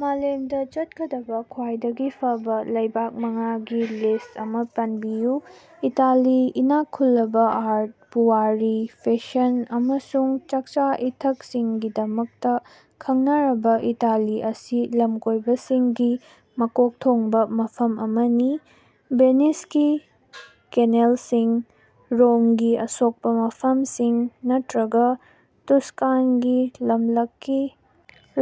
ꯃꯥꯂꯦꯝꯗ ꯆꯠꯀꯗꯕ ꯈ꯭ꯋꯥꯏꯗꯒꯤ ꯐꯕ ꯂꯩꯕꯥꯛ ꯃꯉꯥꯒꯤ ꯂꯤꯁ꯭ꯠ ꯑꯃ ꯄꯟꯕꯤꯌꯨ꯫ ꯏꯇꯥꯂꯤ ꯏꯅꯥꯛ ꯈꯨꯜꯂꯕ ꯑꯥꯔꯠ, ꯄꯨꯋꯥꯔꯤ, ꯐꯦꯁꯟ, ꯑꯃꯁꯨꯡ ꯆꯥꯛꯆꯥ-ꯏꯊꯛꯁꯤꯡꯒꯤꯗꯃꯛꯇ ꯈꯪꯅꯔꯕ ꯏꯇꯥꯂꯤ ꯑꯁꯤ ꯂꯝꯀꯣꯏꯕꯁꯤꯡꯒꯤ ꯃꯀꯣꯛ ꯊꯣꯡꯕ ꯃꯐꯝ ꯑꯃꯅꯤ꯫ ꯚꯦꯅꯤꯁꯀꯤ ꯀꯦꯅꯦꯜꯁꯤꯡ, ꯔꯣꯝꯒꯤ ꯑꯁꯣꯛꯄ ꯃꯐꯝꯁꯤꯡ, ꯅꯠꯇ꯭ꯔꯒ ꯇꯨꯁꯀꯥꯟꯒꯤ ꯂꯝꯂꯛꯀꯤ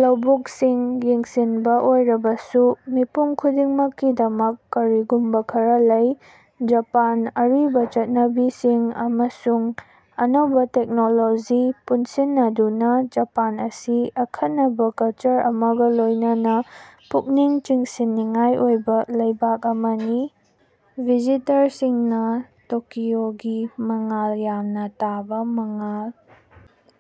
ꯂꯧꯕꯨꯛꯁꯤꯡ ꯌꯦꯡꯁꯤꯟꯕ ꯑꯣꯏꯔꯕꯁꯨ, ꯃꯤꯄꯨꯝ ꯈꯨꯗꯤꯡꯃꯛꯀꯤꯗꯃꯛ ꯀꯔꯤꯒꯨꯝꯕ ꯈꯔꯥ ꯂꯩ꯫ ꯖꯄꯥꯟ – ꯑꯔꯤꯕ ꯆꯠꯅꯕꯤꯁꯤꯡ ꯑꯃꯁꯨꯡ ꯑꯅꯧꯕ ꯇꯦꯛꯅꯣꯂꯣꯖꯤ ꯄꯨꯅꯁꯤꯟꯅꯗꯨꯅ ꯖꯄꯥꯟ ꯑꯁꯤ ꯑꯈꯟꯅꯕ ꯀꯜꯆꯔ ꯑꯃꯒ ꯂꯣꯏꯅꯅ ꯄꯨꯛꯅꯤꯡ ꯆꯤꯡꯁꯤꯟꯅꯤꯡꯉꯥꯏ ꯑꯣꯏꯕ ꯂꯩꯕꯥꯛ ꯑꯃꯅꯤ꯫ ꯚꯤꯖꯤꯇꯔꯁꯤꯡꯅ ꯇꯣꯀꯤꯑꯣꯒꯤ ꯃꯉꯥꯜ ꯌꯥꯝꯅ ꯇꯥꯕ ꯃꯉꯥꯜ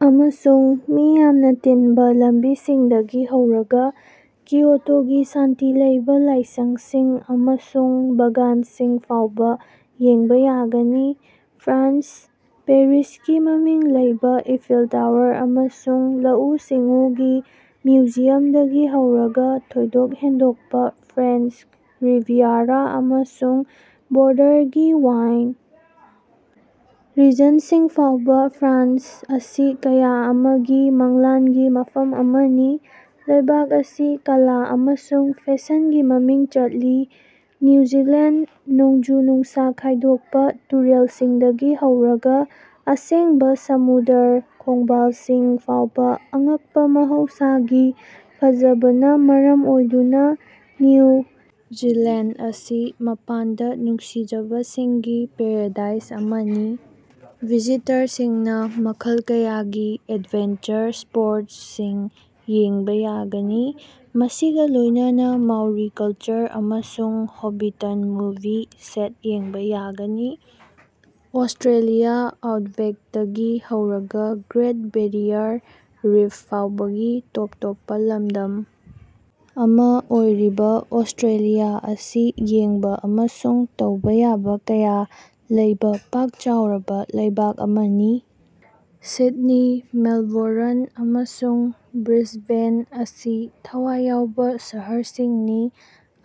ꯑꯃꯁꯨꯡ ꯃꯤ ꯌꯥꯝꯅ ꯇꯤꯟꯕ ꯂꯝꯕꯤꯁꯤꯡꯗꯒꯤ ꯍꯧꯔꯒ ꯀꯤꯌꯣꯇꯣꯒꯤ ꯁꯥꯟꯇꯤ ꯂꯩꯕ ꯂꯥꯏꯁꯪꯁꯤꯡ ꯑꯃꯁꯨꯡ ꯕꯥꯒꯥꯟꯁꯤꯡ ꯐꯥꯎꯕ ꯌꯦꯡꯕ ꯌꯥꯒꯅꯤ꯫ ꯐ꯭ꯔꯥꯟꯁ – ꯄꯦꯔꯤꯁꯀꯤ ꯃꯃꯤꯡ ꯂꯩꯔꯕ ꯏꯐꯦꯜ ꯇꯋꯥꯔ ꯑꯃꯁꯨꯡ ꯂꯧꯎ-ꯁꯤꯡꯎꯒꯤ ꯃ꯭ꯌꯨꯖꯤꯌꯝꯗꯒꯤ ꯍꯧꯔꯒ ꯊꯣꯏꯗꯣꯛ ꯍꯦꯟꯗꯣꯛꯄ ꯐ꯭ꯔꯦꯟꯆ ꯔꯤꯚꯤꯌꯥꯔꯥ ꯑꯃꯁꯨꯡ ꯕꯣꯔꯗꯔꯒꯤ ꯋꯥꯏꯟ ꯔꯤꯖꯟꯁꯤꯡ ꯐꯥꯎꯕ, ꯐ꯭ꯔꯥꯟꯁ ꯑꯁꯤ ꯀꯌꯥ ꯑꯃꯒꯤ ꯃꯪꯂꯥꯟꯒꯤ ꯃꯐꯝ ꯑꯃꯅꯤ꯫ ꯂꯩꯕꯥꯛ ꯑꯁꯤ ꯀꯂꯥ ꯑꯃꯁꯨꯡ ꯐꯦꯁꯟꯒꯤ ꯃꯃꯤꯡ ꯆꯠꯂꯤ꯫ ꯅ꯭ꯌꯨ ꯖꯤꯂꯦꯟꯗ – ꯅꯣꯡꯖꯨ-ꯅꯨꯡꯁꯥ ꯈꯥꯏꯗꯣꯛꯄ ꯇꯨꯔꯦꯜꯁꯤꯡꯗꯒꯤ ꯍꯧꯔꯒ ꯑꯁꯦꯡꯕ ꯁꯃꯨꯗ꯭ꯔ ꯈꯣꯡꯕꯥꯜꯁꯤꯡ ꯐꯥꯎꯕ ꯑꯉꯛꯄ ꯃꯍꯧꯁꯥꯒꯤ ꯐꯖꯕꯅ ꯃꯔꯝ ꯑꯣꯏꯗꯨꯅ ꯅ꯭ꯌꯨ ꯖꯤꯂꯦꯟꯗ ꯑꯁꯤ ꯃꯄꯥꯟꯗ ꯅꯨꯡꯁꯤꯖꯕꯁꯤꯡꯒꯤ ꯄꯥꯔꯥꯗꯥꯏꯁ ꯑꯃꯅꯤ꯫ ꯚꯤꯖꯤꯇꯔꯁꯤꯡꯅ ꯃꯈꯜ ꯀꯌꯥꯒꯤ ꯑꯦꯗꯚꯦꯟꯆꯔ ꯁ꯭ꯄꯣꯔꯠꯁꯁꯤꯡ ꯌꯦꯡꯕ ꯌꯥꯒꯅꯤ, ꯃꯁꯤꯒ ꯂꯣꯏꯅꯅ ꯃꯥꯎꯔꯤ ꯀꯜꯆꯔ ꯑꯃꯁꯨꯡ ꯍꯣꯕꯤꯇꯟ ꯃꯨꯚꯤ ꯁꯦꯠ ꯌꯦꯡꯕ ꯌꯥꯒꯅꯤ꯫ ꯑꯣꯁꯇ꯭ꯔꯦꯂꯤꯌꯥ ꯑꯥꯎꯠꯕꯦꯛꯇꯒꯤ ꯍꯧꯔꯒ ꯒ꯭ꯔꯦꯠ ꯕꯦꯔꯤꯌꯥꯔ ꯔꯤꯐ ꯐꯥꯎꯕꯒꯤ ꯇꯣꯞ ꯇꯣꯞꯄ ꯂꯝꯗꯝ ꯑꯃ ꯑꯣꯏꯔꯤꯕ ꯑꯣꯁꯇ꯭ꯔꯦꯂꯤꯌꯥ ꯑꯁꯤ ꯌꯦꯡꯕ ꯑꯃꯁꯨꯡ ꯇꯧꯕ ꯌꯥꯕ ꯀꯌꯥ ꯂꯩꯕ ꯄꯥꯛ ꯆꯥꯎꯔꯕ ꯂꯩꯕꯥꯛ ꯑꯃꯅꯤ꯫ ꯁꯤꯗꯅꯤ, ꯃꯦꯜꯕꯣꯔꯟ, ꯑꯃꯁꯨꯡ ꯕ꯭ꯔꯤꯁꯕꯦꯟ ꯑꯁꯤ ꯊꯋꯥꯏ ꯌꯥꯎꯕ ꯁꯍꯔꯁꯤꯡꯅꯤ,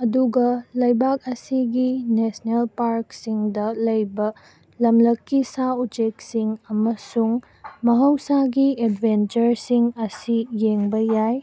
ꯑꯗꯨꯒ ꯂꯩꯕꯥꯛ ꯑꯁꯤꯒꯤ ꯅꯦꯁꯅꯦꯜ ꯄꯥꯔꯛꯁꯤꯡꯗ ꯂꯩꯕ ꯂꯝꯂꯛꯀꯤ ꯁꯥ-ꯎꯆꯦꯛꯁꯤꯡ ꯑꯃꯁꯨꯡ ꯃꯍꯧꯁꯥꯒꯤ ꯑꯦꯗꯚꯦꯟꯆꯔꯁꯤꯡ ꯑꯁꯤ ꯌꯦꯡꯕ ꯌꯥꯏ꯫